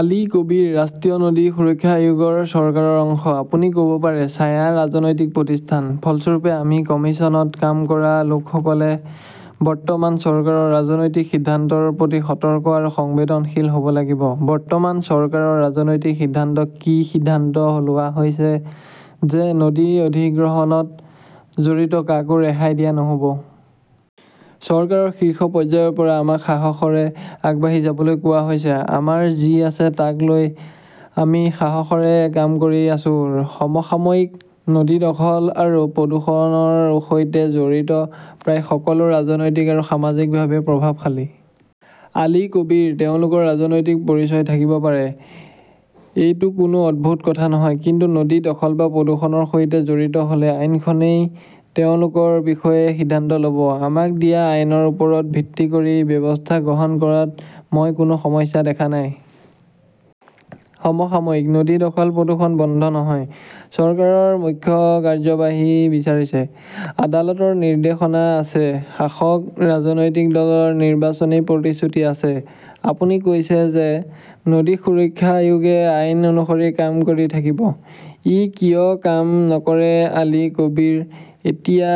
আলী কবীৰঃ ৰাষ্ট্ৰীয় নদী সুৰক্ষা আয়োগ চৰকাৰৰ অংশ। আপুনি ক 'ব পাৰে, ছায়া ৰাজনৈতিক প্ৰতিষ্ঠান। ফলস্বৰূপে, আমি কমিশ্যনত কাম কৰা লোকসকলে বৰ্তমান চৰকাৰৰ ৰাজনৈতিক সিদ্ধান্তৰ প্ৰতি সতৰ্ক আৰু সংবেদনশীল হ 'ব লাগিব। বৰ্তমান চৰকাৰৰ ৰাজনৈতিক সিদ্ধান্ত কি সিদ্ধান্ত লোৱা হৈছে যে নদী অধিগ্ৰহণত জড়িত কাকো ৰেহাই দিয়া নহ 'ব। চৰকাৰৰ শীৰ্ষ পৰ্যায়ৰ পৰা আমাক সাহসৰে আগবাঢ়ি যাবলৈ কোৱা হৈছে। আমাৰ যি আছে তাক লৈ আমি সাহসৰে কাম কৰি আছো। সমসাময়িকঃ নদী দখল আৰু প্ৰদূষণৰ সৈতে জড়িত প্ৰায় সকলো ৰাজনৈতিক আৰু সামাজিকভাৱে প্ৰভাৱশালী। আলী কবীৰঃ তেওঁলোকৰ ৰাজনৈতিক পৰিচয় থাকিব পাৰে। এইটো কোনো অদ্ভুত কথা নহয়। কিন্তু নদী দখল বা প্ৰদূষণৰ সৈতে জড়িত হ’লে আইনখনেই তেওঁলোকৰ বিষয়ে সিদ্ধান্ত ল’ব। আমাক দিয়া আইনৰ ওপৰত ভিত্তি কৰি ব্যৱস্থা গ্ৰহণ কৰাত মই কোনো সমস্যা দেখা নাই। সমসাময়িকঃ নদী দখল-প্ৰদূষণ বন্ধ নহয়। চৰকাৰৰ মুখ্য কাৰ্যবাহীই বিচাৰিছে, আদালতৰ নিৰ্দেশনা আছে, শাসক ৰাজনৈতিক দলৰ নিৰ্বাচনী প্ৰতিশ্ৰুতি আছে। আপুনি কৈছে যে নদী সুৰক্ষা আয়োগে আইন অনুসৰি কাম কৰি থাকিব। ই কিয় কাম নকৰে আলী কবীৰঃ এতিয়া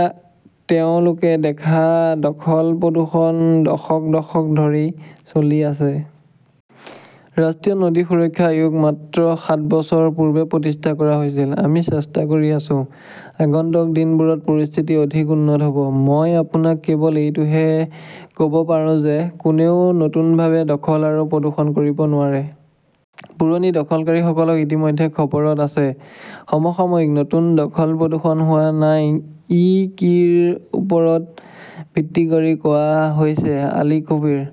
তেওঁলোকে দেখা দখল-প্ৰদূষণ দশক দশক ধৰি চলি আছে। ৰাষ্ট্ৰীয় নদী সুৰক্ষা আয়োগ মাত্ৰ সাত বছৰ পূৰ্বে প্ৰতিষ্ঠা কৰা হৈছিল। আমি চেষ্টা কৰি আছো, আগন্তুক দিনবোৰত পৰিস্থিতি অধিক উন্নত হ 'ব। মই আপোনাক কেৱল এইটোহে ক 'ব পাৰো যে কোনেও নতুনভাৱে দখল আৰু প্ৰদূষণ কৰিব নোৱাৰে। পুৰণি দখলকাৰীসকল ইতিমধ্যে খবৰত আছে। সমসাময়িকঃ নতুন দখল-প্ৰদূষণ হোৱা নাই ই কিৰ ওপৰত ভিত্তি কৰি কোৱা হৈছে আলী কবীৰঃ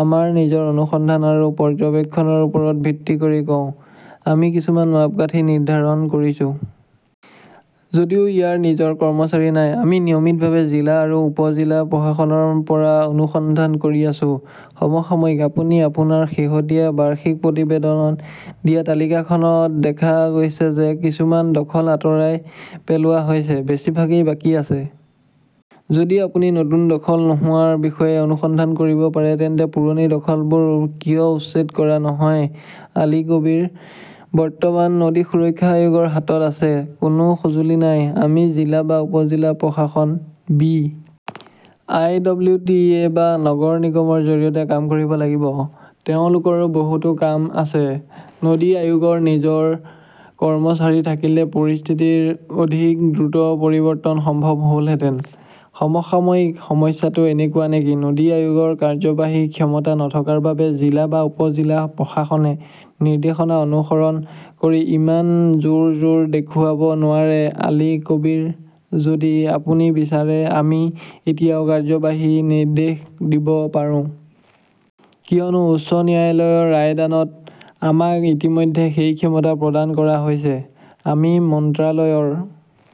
আমাৰ নিজৰ অনুসন্ধান আৰু পৰ্যবেক্ষণৰ ওপৰত ভিত্তি কৰি কওঁ। আমি কিছুমান মাপকাঠি নিৰ্ধাৰণ কৰিছো। যদিও ইয়াৰ নিজৰ কৰ্মচাৰী নাই; আমি নিয়মিতভাৱে জিলা আৰু উপ-জিলা প্ৰশাসনৰ পৰা অনুসন্ধান কৰি আছো। সমসাময়িকঃ আপুনি আপোনাৰ শেহতীয়া বাৰ্ষিক প্ৰতিবেদনত দিয়া তালিকাখনত দেখা গৈছে যে কিছুমান দখল আঁতৰাই পেলোৱা হৈছে; বেছিভাগেই বাকী আছে। যদি আপুনি নতুন দখল নোহোৱাৰ বিষয়ে অনুসন্ধান কৰিব পাৰে তেন্তে পুৰণি দখলবোৰ কিয় উচ্ছেদ কৰা নহয় আলী কবীৰঃ বৰ্তমান নদী সুৰক্ষা আয়োগৰ হাতত আছে, কোনো সঁজুলি নাই। আমি জিলা বা উপ-জিলা প্ৰশাসন, B. I. W. T. A. বা নগৰ নিগমৰ জৰিয়তে কাম কৰিব লাগিব। তেওঁলোকৰো বহুতো কাম আছে। নদী আয়োগৰ নিজৰ কৰ্মচাৰী থাকিলে পৰিস্থিতিৰ অধিক দ্ৰুত পৰিৱৰ্তন সম্ভৱ হ "লহেঁতেন। সমসাময়িকঃ সমস্যাটো এনেকুৱা নেকি, নদী আয়োগৰ কাৰ্যবাহী ক্ষমতা নথকাৰ বাবে জিলা বা উপ-জিলা প্ৰশাসনে নিৰ্দেশনা অনুসৰণ কৰি ইমান জোৰ-জোৰ দেখুৱাব নোৱাৰে আলী কবীৰঃ যদি আপুনি বিচাৰে আমি এতিয়াও কাৰ্যবাহী নিৰ্দেশ দিব পাৰোঁ। কিয়নো উচ্চ ন্যায়ালয়ৰ ৰায়দানত আমাক ইতিমধ্যে সেই ক্ষমতা প্ৰদান কৰা হৈছে। আমি মন্ত্ৰালয়ৰ